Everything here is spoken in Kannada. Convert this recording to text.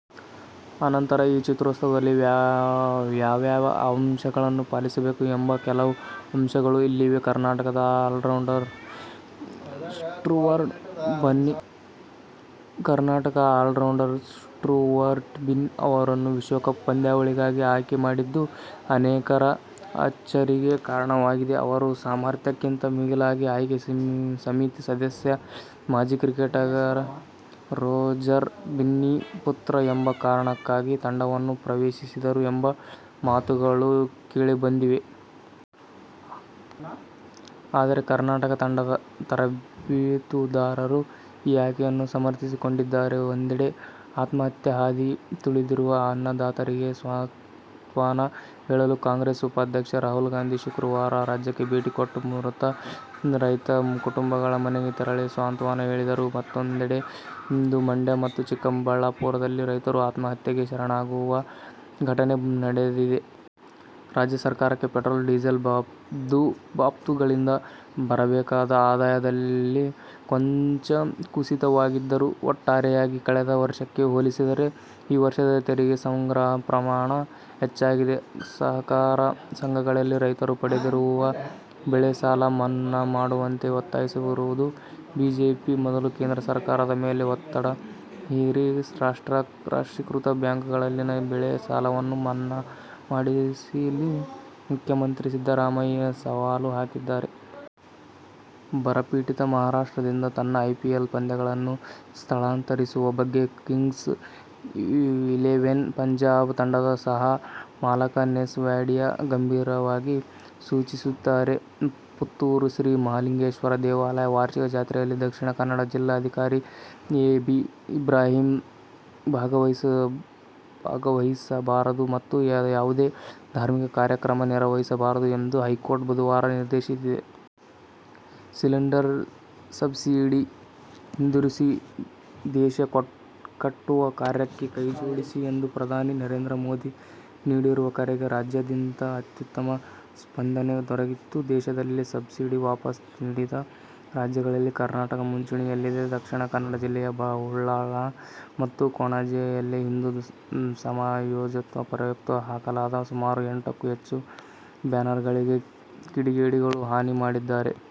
ಆ ನಂತರ ಈ ಚಿತ್ರೋತ್ಸವದಲ್ಲಿ ಯಾವ್ಯಾವ ಅಂಶಗಳನ್ನು ಪಾಲಿಸಬೇಕು ಎಂಬ ಕೆಲವು ಅಂಶಗಳು ಇಲ್ಲಿವೆ. ಕರ್ನಾಟಕದ ಆಲ್ರೌಂಡರ್ ಸ್ಟುವರ್ಟ್ ಬಿನ್ನಿ ಅವರನ್ನು ವಿಶ್ವಕಪ್ ಪಂದ್ಯಾವಳಿಗಾಗಿ ಆಯ್ಕೆ ಮಾಡಿದ್ದು ಅನೇಕರ ಅಚ್ಚರಿಗೆ ಕಾರಣವಾಗಿದೆ. ಅವರು ಸಾಮರ್ಥ್ಯಕ್ಕಿಂತ ಮಿಗಿಲಾಗಿ ಆಯ್ಕೆ ಸಮಿತಿ ಸದಸ್ಯ, ಮಾಜಿ ಕ್ರಿಕೆಟಿಗ ರೋಜರ್ ಬಿನ್ನಿ ಪುತ್ರ ಎಂಬ ಕಾರಣಕ್ಕಾಗಿ ತಂಡವನ್ನು ಪ್ರವೇಶಿಸಿದರು ಎಂಬ ಮಾತುಗಳೂ ಕೇಳಿಬಂದಿವೆ. ಆದರೆ ಕರ್ನಾಟಕ ತಂಡದ ತರಬೇತುದಾರರು ಈ ಆಯ್ಕೆಯನ್ನು ಸಮರ್ಥಿಸಿಕೊಂಡಿದ್ದಾರೆ. ಒಂದೆಡೆ ಆತ್ಮಹತ್ಯೆ ಹಾದಿ ತುಳಿದಿರುವ ಅನ್ನದಾತರಿಗೆ ಸಾಂತ್ವನ ಹೇಳಲು ಕಾಂಗ್ರೆಸ್ ಉಪಾಧ್ಯಕ್ಷ ರಾಹುಲ್ ಗಾಂಧಿ ಶುಕ್ರವಾರ ರಾಜ್ಯಕ್ಕೆ ಭೇಟಿ ಕೊಟ್ಟು ಮೃತ ರೈತ ಕುಟುಂಬಗಳ ಮನೆಗೆ ತೆರಳಿ ಸಾಂತ್ವನ ಹೇಳಿದರು. ಮತ್ತೊಂದೆಡೆ ಇಂದು ಮಂಡ್ಯ ಮತ್ತು ಚಿಕ್ಕಬಳ್ಳಾಪುರದಲ್ಲಿ ರೈತರು ಆತ್ಮಹತ್ಯೆಗೆ ಶರಣಾಗಿರುವ ಘಟನೆ ನಡೆದಿದೆ. ರಾಜ್ಯ ಸರ್ಕಾರಕ್ಕೆ ಪೆಟ್ರೋಲ್, ಡೀಸೆಲ್ ಬಾಬ್ತುಗಳಿಂದ ಬರಬೇಕಾದ ಆದಾಯದಲ್ಲಿ ಕೊಂಚ ಕುಸಿತವಾಗಿದ್ದರೂ ಒಟ್ಟಾರೆಯಾಗಿ ಕಳೆದ ವರ್ಷಕ್ಕೆ ಹೋಲಿಸಿದರೆ ಈ ವರ್ಷದ ತೆರಿಗೆ ಸಂಗ್ರಹ ಪ್ರಮಾಣ ಹೆಚ್ಚಾಗಿದೆ. ಸಹಕಾರ ಸಂಘಗಳಲ್ಲಿ ರೈತರು ಪಡೆದಿರುವ ಬೆಳೆ ಸಾಲ ಮನ್ನಾ ಮಾಡುವಂತೆ ಒತ್ತಾಯಿಸುತ್ತಿರುವ ಬಿಜೆಪಿ ಮೊದಲು ಕೇಂದ್ರ ಸರ್ಕಾರದ ಮೇಲೆ ಒತ್ತಡ ಹೇರಿ ರಾಷ್ಟ್ರೀಕೃತ ಬ್ಯಾಂಕ್ಗಳಲ್ಲಿನ ಬೆಳೆ ಸಾಲವನ್ನು ಮನ್ನಾ ಮಾಡಿಸಲಿ ಮುಖ್ಯಮಂತ್ರಿ ಸಿದ್ದರಾಮಯ್ಯ ಸವಾಲು ಹಾಕಿದ್ದಾರೆ. ಬರಪೀಡಿತ ಮಹಾರಾಷ್ಟ್ರದಿಂದ ತನ್ನ ಐಪಿಎಲ್ ಪಂದ್ಯಗಳನ್ನು ಸ್ಥಳಾಂತರಿಸುವ ಬಗ್ಗೆ ಕಿಂಗ್ಸ್ ಇಲೆವೆನ್ ಪಂಜಾಬ್ ತಂಡದ ಸಹ ಮಾಲಕ ನೆಸ್ ವಾಡಿಯಾ ಗಂಭೀರವಾಗಿ ಯೋಚಿಸುತ್ತಿದ್ದಾರೆ. ಪುತ್ತೂರು ಶ್ರೀ ಮಹಾಲಿಂಗೇಶ್ವರ ದೇವಾಲಯದ ವಾರ್ಷಿಕ ಜಾತ್ರೆಯಲ್ಲಿ ದಕ್ಷಿಣ ಕನ್ನಡ ಜಿಲ್ಲಾಧಿಕಾರಿ ಎ. ಬಿ. ಇಬ್ರಾಹಿಂ ಭಾಗವಹಿಸಬಾರದು ಮತ್ತು ಯಾವುದೇ ಧಾರ್ಮಿಕ ಕಾರ್ಯಕ್ರಮ ನೆರವೇರಿಸಬಾರದು ಎಂದು ಹೈಕೋರ್ಟ್ ಬುಧವಾರ ನಿರ್ದೇಶಿಸಿದೆ. "ಸಿಲಿಂಡರ್ ಸಬ್ಸಿಡಿ ಹಿಂತಿರುಗಿಸಿ, ದೇಶ ಕಟ್ಟುವ ಕಾರ್ಯಕ್ಕೆ ಕೈಜೋಡಿಸಿ' ಎಂದು ಪ್ರಧಾನಿ ನರೇಂದ್ರ ಮೋದಿ ನೀಡಿರುವ ಕರೆಗೆ ರಾಜ್ಯದಿಂದ ಅತ್ಯುತ್ತಮ ಸ್ಪಂದನೆ ದೊರಕಿದ್ದು, ದೇಶದಲ್ಲೇ ಸಬ್ಸಿಡಿ ವಾಪಸ್ ನೀಡಿದ ರಾಜ್ಯಗಳಲ್ಲಿ ಕರ್ನಾಟಕ ಮುಂಚೂಣಿಯಲ್ಲಿದೆ. ದಕ್ಷಿಣ ಕನ್ನಡ ಜಿಲ್ಲೆ ಉಳ್ಳಾಲ ಮತ್ತು ಕೊಣಾಜೆಯಲ್ಲಿ ಹಿಂದೂ ಸಮಾಜೋತ್ಸವ ಪ್ರಯುಕ್ತ ಹಾಕಲಾದ ಸುಮಾರು ಎಂಟಕ್ಕೂ ಹೆಚ್ಚು ಬ್ಯಾನರ್ಗಳಿಗೆ ಕಿಡಿಗೇಡಿಗಳು ಹಾನಿ ಮಾಡಿದ್ದಾರೆ.